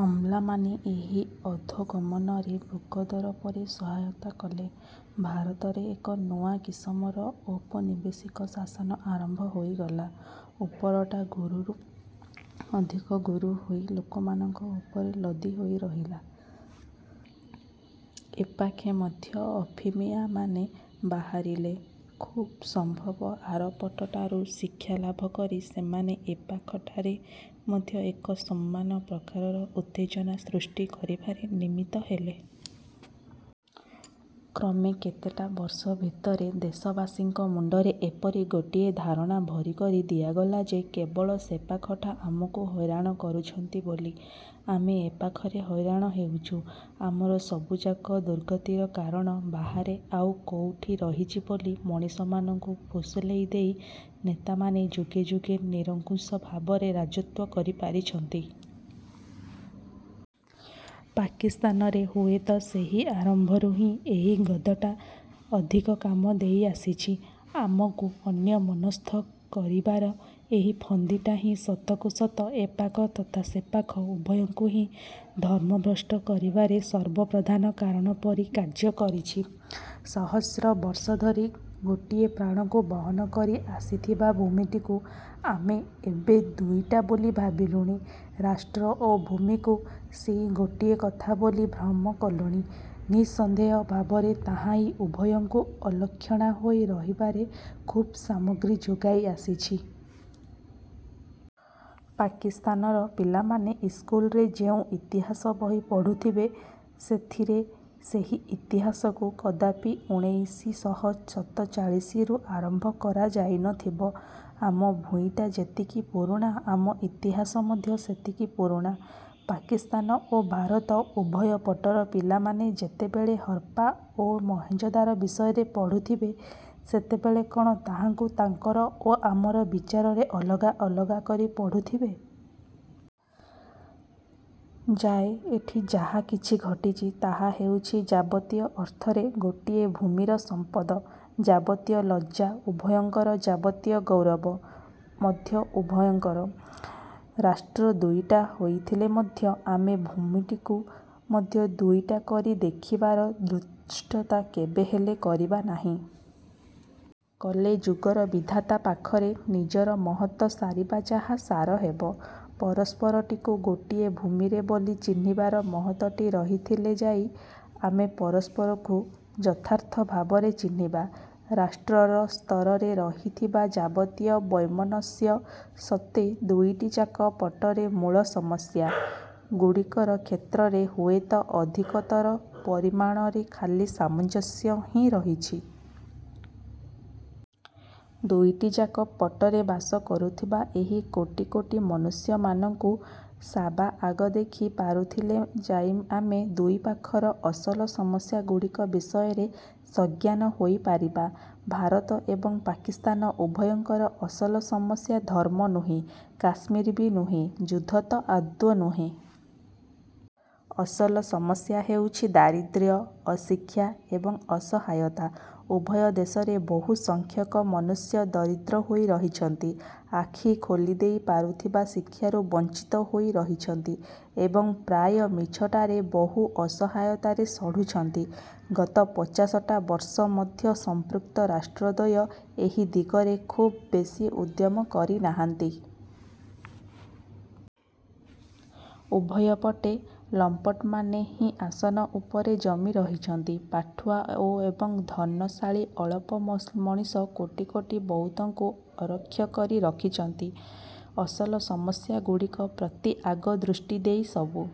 ଅମଲାମାନେ ଏହି ଅଧୋଗମନରେ ବୃକୋଦର ପରି ସହାୟତା କଲେ। ଭାରତରେ ଏକ ନୂଆ କିସମର ଔପନିବେଶିକ ଶାସନ ଆରମ୍ଭ ହୋଇଗଲା। ଉପରଟା ଗୁରୁରୁ ଅଧିକ ଗୁରୁ ହୋଇ ଲୋକମାନଙ୍କ ଉପରେ ଲଦି ହୋଇ ରହିଲା। ଏପାଖେ ମଧ୍ୟ ଅଫିମିଆମାନେ ବାହାରିଲେ। ଖୁବ୍ ସମ୍ଭବ ଆରପଟଟାରୁ ଶିକ୍ଷାଲାଭ କରି ସେମାନେ ଏ ପାଖଟାରେ ମଧ୍ୟ ଏକ ସମାନ ପ୍ରକାରର ଉତ୍ତେଜନା ସୃଷ୍ଟି କରିବାରେ ନିମିତ୍ତ ହେଲେ। କ୍ରମେ କେତେଟା ବର୍ଷ ଭିତରେ ଦେଶବାସୀଙ୍କ ମୁଣ୍ଡରେ ଏପରି ଗୋଟାଏ ଧାରଣା ଭରି କରି ଦିଆଗଲା ଯେ କେବଳ ସେପାଖଟା ଆମକୁ ହଇରାଣ କରୁଛନ୍ତି ବୋଲି ଆମେ ଏପାଖରେ ହଇରାଣ ହେଉଛୁ। ଆମର ସବୁଯାକ ଦୁର୍ଗତିର କାରଣ ବାହାରେ ଆଉ କୋଉଠି ରହିଛି ବୋଲି ମଣିଷମାନଙ୍କୁ ଫୁସୁଲେଇ ଦେଇ ନେତାମାନେ ଯୁଗେ ଯୁଗେ ନିରଙ୍କୁଶ ଭାବରେ ରାଜତ୍ୱ କରିପାରିଛନ୍ତି। ପାକିସ୍ତାନରେ ହୁଏତ ସେହି ଆରମ୍ଭରୁ ହିଁ ଏହି ଗଦଟା ଅଧିକ କାମ ଦେଇଆସିଛି। ଆମକୁ ଅନ୍ୟମନସ୍ଥ କରିବାର ଏହି ଫନ୍ଦିଟା ହିଁ ସତକୁ ସତ ଏପାଖ ତଥା ସେପାଖ ଉଭୟଙ୍କୁ ହିଁ ଧର୍ମଭ୍ରଷ୍ଟ କରିବାରେ ସର୍ବପ୍ରଧାନ କାରଣ ପରି କାର୍ଯ୍ୟ କରିଛି। ସହସ୍ର ସହସ୍ର ବର୍ଷ ଧରି ଗୋଟିଏ ପ୍ରାଣକୁ ବହନ କରି ଆସିଥିବା ଭୂମିଟିକୁ ଆମେ ଏବେ ଦୁଇଟା ବୋଲି ଭାବିଲୁଣି। ରାଷ୍ଟ୍ର ଓ ଭୂମିକୁ ସେଇ ଗୋଟିଏ କଥା ବୋଲି ଭ୍ରମ କଲୁଣି ନିଃସନ୍ଦେହ ଭାବରେ ତାହାହିଁ ଉଭୟଙ୍କୁ ଅଲକ୍ଷଣା ହୋଇ ରହିବାରେ ଖୁବ୍ ସାମଗ୍ରୀ ଯୋଗାଇ ଆସିଛି। ପାକିସ୍ତାନର ପିଲାମାନେ ଇସ୍କୁଲରେ ଯେଉଁ ଇତିହାସ ବହି ପଢୁଥିବେ ସେଥିରେ ସେହି ଇତିହାସକୁ କଦାପି ଉଣେଇଶି ଶହ ସତଚାଳିଶି ରୁ ଆରମ୍ଭ କରାଯାଇ ନଥିବ। ଆମ ଭୂଇଁଟା ଯେତିକି ପୁରୁଣା ଆମର ଇତିହାସ ମଧ୍ୟ ସେତିକି ପୁରୁଣା। ପାକିସ୍ତାନ ଓ ଭାରତ ଉଭୟ ପଟର ପିଲାମାନେ ଯେତେବେଳେ ହରପ୍ପା ଓ ମହେଞ୍ଜୋଦାରୋ ବିଷୟରେ ପଢୁଥିବେ ସେତେବେଳେ କଣ ତାହାକୁ ତାଙ୍କର ଓ ଆମର ବିଚାରରେ ଅଲଗା ଅଲଗା କରି ପଢୁଥିବେ? ଯାଏ ଏଠି ଯାହା କିଛି ଘଟିଛି ତାହା ହେଉଛି ଯାବତୀୟ ଅର୍ଥରେ ଗୋଟିଏ ଭୂମିର ସମ୍ପଦ। ଯାବତୀୟ ଲଜ୍ଜା ଉଭୟଙ୍କର ଯାବତୀୟ ଗୌରବ ମଧ୍ୟ ଉଭୟଙ୍କର। ରାଷ୍ଟ୍ର ଦୁଇଟା ହୋଇଥିଲେ ମଧ୍ୟ ଆମେ ଭୂଇଁଟିକୁ ମଧ୍ୟ ଦୁଇଟା କରି ଦେଖିବାର ଧୃଷ୍ଟତା କେବେହେଲେ କରିବା ନାହିଁ। କଲେ ଯୁଗର ବିଧାତା ପାଖରେ ନିଜର ମହତ ସାରିବା ଯାହା ସାର ହେବ। ପରସ୍ପରକୁ ଗୋଟିଏ ଭୂମିର ବୋଲି ଚିହ୍ନିବାର ମହତଟି ରହିଥିଲେ ଯାଇ ଆମେ ପରସ୍ପରକୁ ଯଥାର୍ଥ ଭାବରେ ଚିହ୍ନିବା। ରାଷ୍ଟ୍ରର ସ୍ତରରେ ରହିଥିବା ଯାବତୀୟ ବୈମନସ୍ୟ ସତ୍ତ୍ୱେ ଦୁଇଟିଯାକ ପଟରେ ମୂଳ ସମସ୍ୟା ଗୁଡ଼ିକର କ୍ଷେତ୍ରରେ ହୁଏତ ଅଧିକତର ପରିମାଣରେ ଖାଲି ସାମଞ୍ଜସ୍ୟ ହିଁ ରହିଛି। ଦୁଇଟିଯାକ ପଟରେ ବାସ କରୁଥିବା ଏହି କୋଟି କୋଟି ମନୁଷ୍ୟମାନଙ୍କୁ ସାବାଆଗ ଦେଖି ପାରୁଥିଲେ ଯାଇ ଅମେ ଦୁଇ ପାଖର ଅସଲ ସମସ୍ୟା ଗୁଡ଼ିକ ବିଷୟରେ ସଜ୍ଞାନ ହୋଇପାରିବା। ଭାରତ ଏବଂ ପାକିସ୍ତାନ ଉଭୟଙ୍କର ଅସଲ ସମସ୍ୟା ଧର୍ମ ନୁହେଁ କାଶ୍ମୀର ବି ନୁହେଁ ଯୁଦ୍ଧ ତ ଆଦୌ ନୁହେଁ। ଅସଲ ସମସ୍ୟା ହେଉଛି ଦାରିଦ୍ର୍ୟ, ଅଶିକ୍ଷା ଏବଂ ଅସହାୟତା। ଉଭୟ ଦେଶରେ ବହୁସଂଖ୍ୟକ ମନୁଷ୍ୟ ଦରିଦ୍ର ହୋଇ ରହିଛନ୍ତି। ଆଖି ଖୋଲିଦେଇ ପାରୁଥିବା ଶିକ୍ଷାରୁ ବଂଚିତ ହୋଇ ରହିଛନ୍ତି ଏବଂ ପ୍ରାୟ ମିଛଟାରେ ବହୁ ଅସହାୟତାରେ ସଢୁଛନ୍ତି। ଗତ ପଚାଶଟା ବର୍ଷ ମଧ୍ୟରେ ସଂପୃକ୍ତ ରାଷ୍ଟ୍ରଦ୍ୱୟ ଏହି ଦିଗରେ ଖୁବ୍ ବେଶୀ ଉଦ୍ୟମ କରିନାହାଁନ୍ତି। ଉଭୟପଟେ ଲମ୍ପଟମାନେ ହିଁ ଆସନ ଉପରେ ଜମି ରହିଛନ୍ତି। ପାଠୁଆ ଏବଂ ଧନଶାଳୀ ଅଳପ ମଣିଷ କୋଟି କୋଟି ବହୁତଙ୍କୁ ଅରକ୍ଷ କରି ରଖିଛନ୍ତି। ଅସଲ ସମସ୍ୟାଗୁଡ଼ିକ ପ୍ରତି ଆଗ ଦୃଷ୍ଟି ଦେଇ ସବୁ